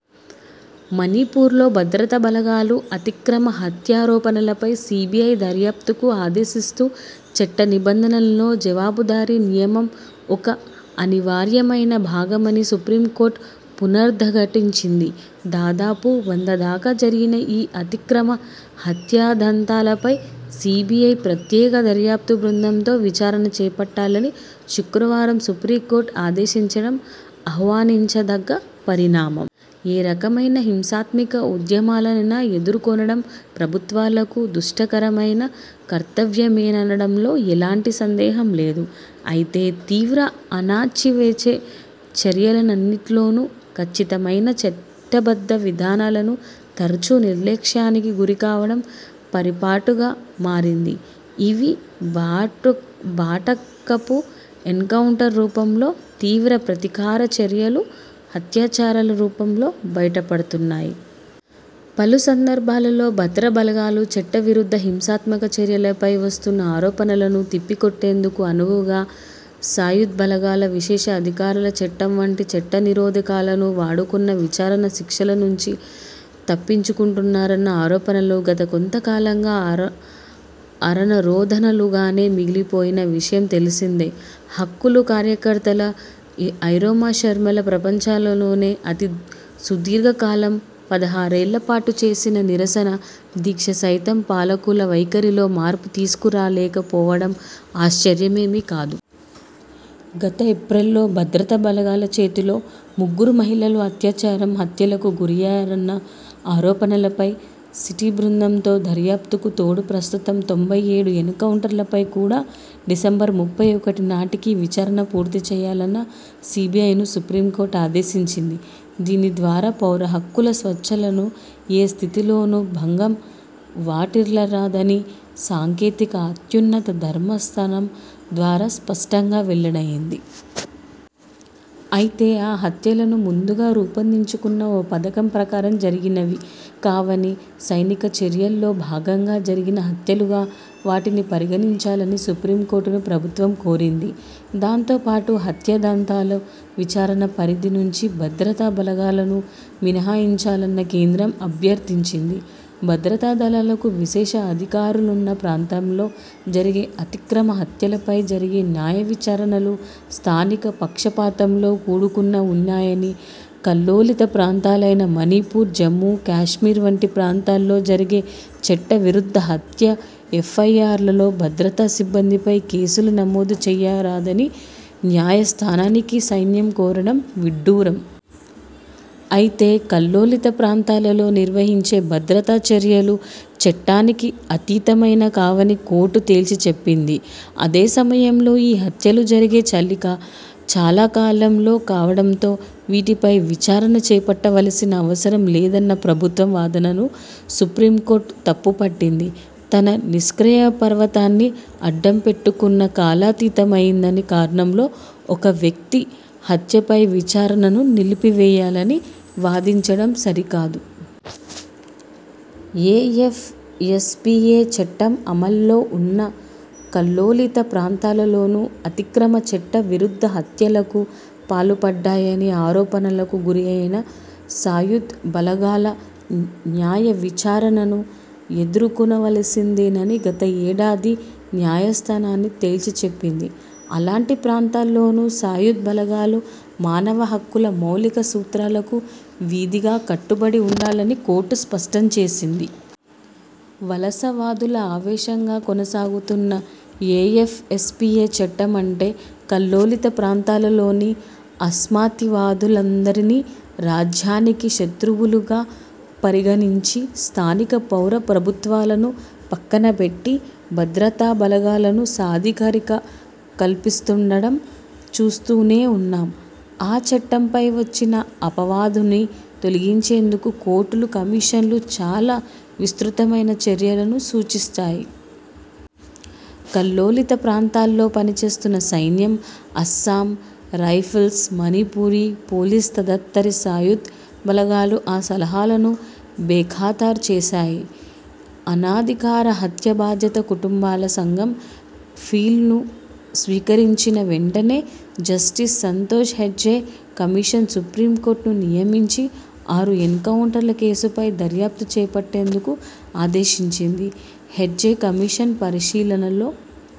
మణిపూర్లో భద్రతా బలగాల అతిక్రమ హత్యారోపణలపై సీబీఐ దర్యాప్తుకు ఆదేశిస్తూ, చట్ట నిబంధనల్లో జవాబుదారీ నియమం ఒక అనివార్యమైన భాగమని సుప్రీంకోర్టు పునరుద్ఘాటించింది. దాదాపు వంద దాకా జరిగిన ఈ అతిక్రమ హత్యోదంతాలపై సీబీఐ ప్రత్యేక దర్యాప్తు బృందం తో విచారణ చేపట్టాలని శుక్రవారం సుప్రీంకోర్టు ఆదేశించడం ఆహ్వానించదగ్గ పరిణామం. ఏ రకమైన హింసాత్మక ఉద్యమాలనైనా ఎదుర్కొనడం ప్రభుత్వాలకు దుష్కరమైన కర్తవ్యమేననడంలో ఎలాంటి సందేహం లేదు. అయితే తీవ్ర అణచివేత చర్యలన్నిటిలోనూ కచ్చితమైన చట్టబద్ధ విధానాలు తరచూ నిర్లక్ష్యానికి గురికావడం పరిపాటిగా మారింది. ఇవి బూటకపు ఎన్కౌంటర్ల రూపంలోనో, తీవ్ర ప్రతీకార చర్యలు, అత్యాచారాల రూపంలోనో బయటపడుతున్నాయి. పలు సందర్బాలలో భద్రతా బలగాల చట్టవిరుద్ధ హింసాత్మక చర్యలపై వస్తున్న ఆరోపణలను తిప్పికొట్టేందుకు అనువుగా 'సాయుధ బలగాల విశేష అధికారాల చట్టం' వంటి చట్టనిరోధకాలను వాడుకొని విచారణ, శిక్షల నుంచి తప్పించుకుంటున్నారన్న ఆరోపణలు గత కొంత కాలంగా అరణ్యరోదనలుగానే మిగిలిపోయిన విషయం తెలిసిందే. హక్కుల కార్యకర్త ఇరోమ్ షర్మిల ప్రపంచంలోనే అతి సుదీర్ఘకాలం పదహారు ఏళ్ల పాటు చేసిన నిరసన దీక్ష సైతం పాలకుల వైఖరిలో మార్పు తీసుకురాలేక పోవడం ఆశ్చర్యమేమీ కాదు. గత ఏప్రిల్లో భద్రతా బలగాల చేతిలో ముగ్గురు మహిళలు అత్యాచారం, హత్యలకు గురయ్యారన్న ఆరోపణలపై సిట్ బృందంతో దర్యాప్తుకు తోడు, ప్రస్తుతం తొంభై ఏడు ఎన్కౌంటర్లపై కూడా డిసెంబర్ ముప్పై ఒకటి నాటికి విచారణ పూర్తి చేయాలని సీబీఐని సుప్రీంకోర్టు ఆదేశించింది. దీని ద్వారా పౌర హక్కులు, స్వేచ్ఛలకు ఏ స్థితిలోనూ భంగం వాటిల్లరాదన్న సంకేతం అత్యున్నత ధర్మాసనం ద్వారా స్పష్టంగా వెల్లడైంది. అయితే ఆ హత్యలన్నీ ముందుగా రూపొందించుకున్న ఒక పథకం ప్రకారం జరిగినవి కావనీ, 'సైనిక చర్యల్లో భాగంగా' జరిగిన హత్యలుగా వాటిని పరిగణించాలని సుప్రీంకోర్టును ప్రభుత్వం కోరింది. దాంతోపాటు హత్యోదంతాల విచారణ పరిధి నుంచి భద్రతా బలగాలను మినహాయించాలని కేంద్రం అభ్యర్థించింది. భద్రతా దళాలకు విశేష అధికారాలున్న ప్రాంతాల్లో జరిగే అతిక్రమ హత్యలపై జరిగే న్యాయవిచారణలు స్థానిక పక్షపాతంతో కూడుకుని ఉన్నాయని, కల్లోలిత ప్రాంతాలైన మణిపూర్, జమ్ము కశ్మీర్ వంటి ప్రాంతాల్లో జరిగే చట్టవిరుద్ధ హత్య ఎఫ్ఐఆర్లలో భద్రతా సిబ్బందిపై కేసులు నమోదు చేయరాదని న్యాయస్థానాన్ని సైన్యం కోరడం విడ్డూరం. అయితే 'కల్లోలిత ప్రాంతాలలో' నిర్వహించే భద్రతా చర్యలు చట్టానికి అతీతమైనవి కావని కోర్టు తేల్చి చెప్పింది. అదే సమయంలో ఈ హత్యలు జరిగి చాలాకాలం కావడంతో వీటిపై విచారణ చేపట్టవలసిన అవసరం లేదన్న ప్రభుత్వ వాదనను సుప్రీంకోర్టు తప్పు పట్టింది. తన నిష్క్రియాపరత్వాన్ని అడ్డం పెట్టుకుని కాలాతీతమైందన్న కారణంతో ఒకవ్యక్తి హత్యపై విచారణను నిలిపివేయాలని వాదించడం సరికాదు. ఏఎఫ్ఎస్పీఏ చట్టం అమలులో ఉన్న కల్లోలిత ప్రాంతాలలోనూ అతిక్రమ, చట్ట విరుద్ధ హత్యలకు పాల్పడ్డాయని ఆరోపణలకు గురైన సాయుధ బలగాలు న్యాయవిచారణను ఎదుర్కొనవలసిందేనని గత ఏడాది న్యాయస్థానం తేల్చి చెప్పింది. అలాంటి ప్రాంతాల్లోనూ సాయుధ బలగాలు మానవ హక్కుల మౌలిక సూత్రాలకు విధిగా కట్టబడి ఉండాలని కోర్టు స్పష్టం చేసింది. వలసవాదులు అవశేషంగా కొనసాగుతున్న ఏఎఫ్ఎస్పీఏ చట్టం అంటే కల్లోలిత ప్రాంతాల్లోని అసమ్మతివాదులందర్నీ రాజ్యానికి శత్రువులుగా పరిగణించి, స్థానిక పౌర ప్రభుత్వాలను పక్కన బెట్టి, భద్రతా బలగాలకు సాధికారిత కల్పిస్తుండడం చూస్తూనే ఉన్నాం. ఆ చట్టంపై వచ్చిన అపవాదును తొలగించేందుకు కోర్టులు, కమిషన్లు చాలా విస్తృతమైన చర్యలను సూచించాయి. కల్లోలిత ప్రాంతాల్లో పనిచేస్తున్న సైన్యం, అస్సాం రైఫిల్స్, మణిపూర్ పోలీస్ తదితర సాయుధ బలగాలు ఆ సలహాలను బేఖాతరు చేసాయి. 'అనధికార హత్యాబాధిత కుటుంబాల సంఘం' పిల్ను స్వీకరించిన వెంటనే జస్టిస్ సంతోష్ హెగ్డే కమిషన్ను సుప్రీంకోర్టు నియమించి ఆరు ఎన్కౌంటర్ కేసులపై దర్యాప్తు చేపట్టేందుకు ఆదేశించింది. హెగ్డే కమిషన్ పరిశీలనలో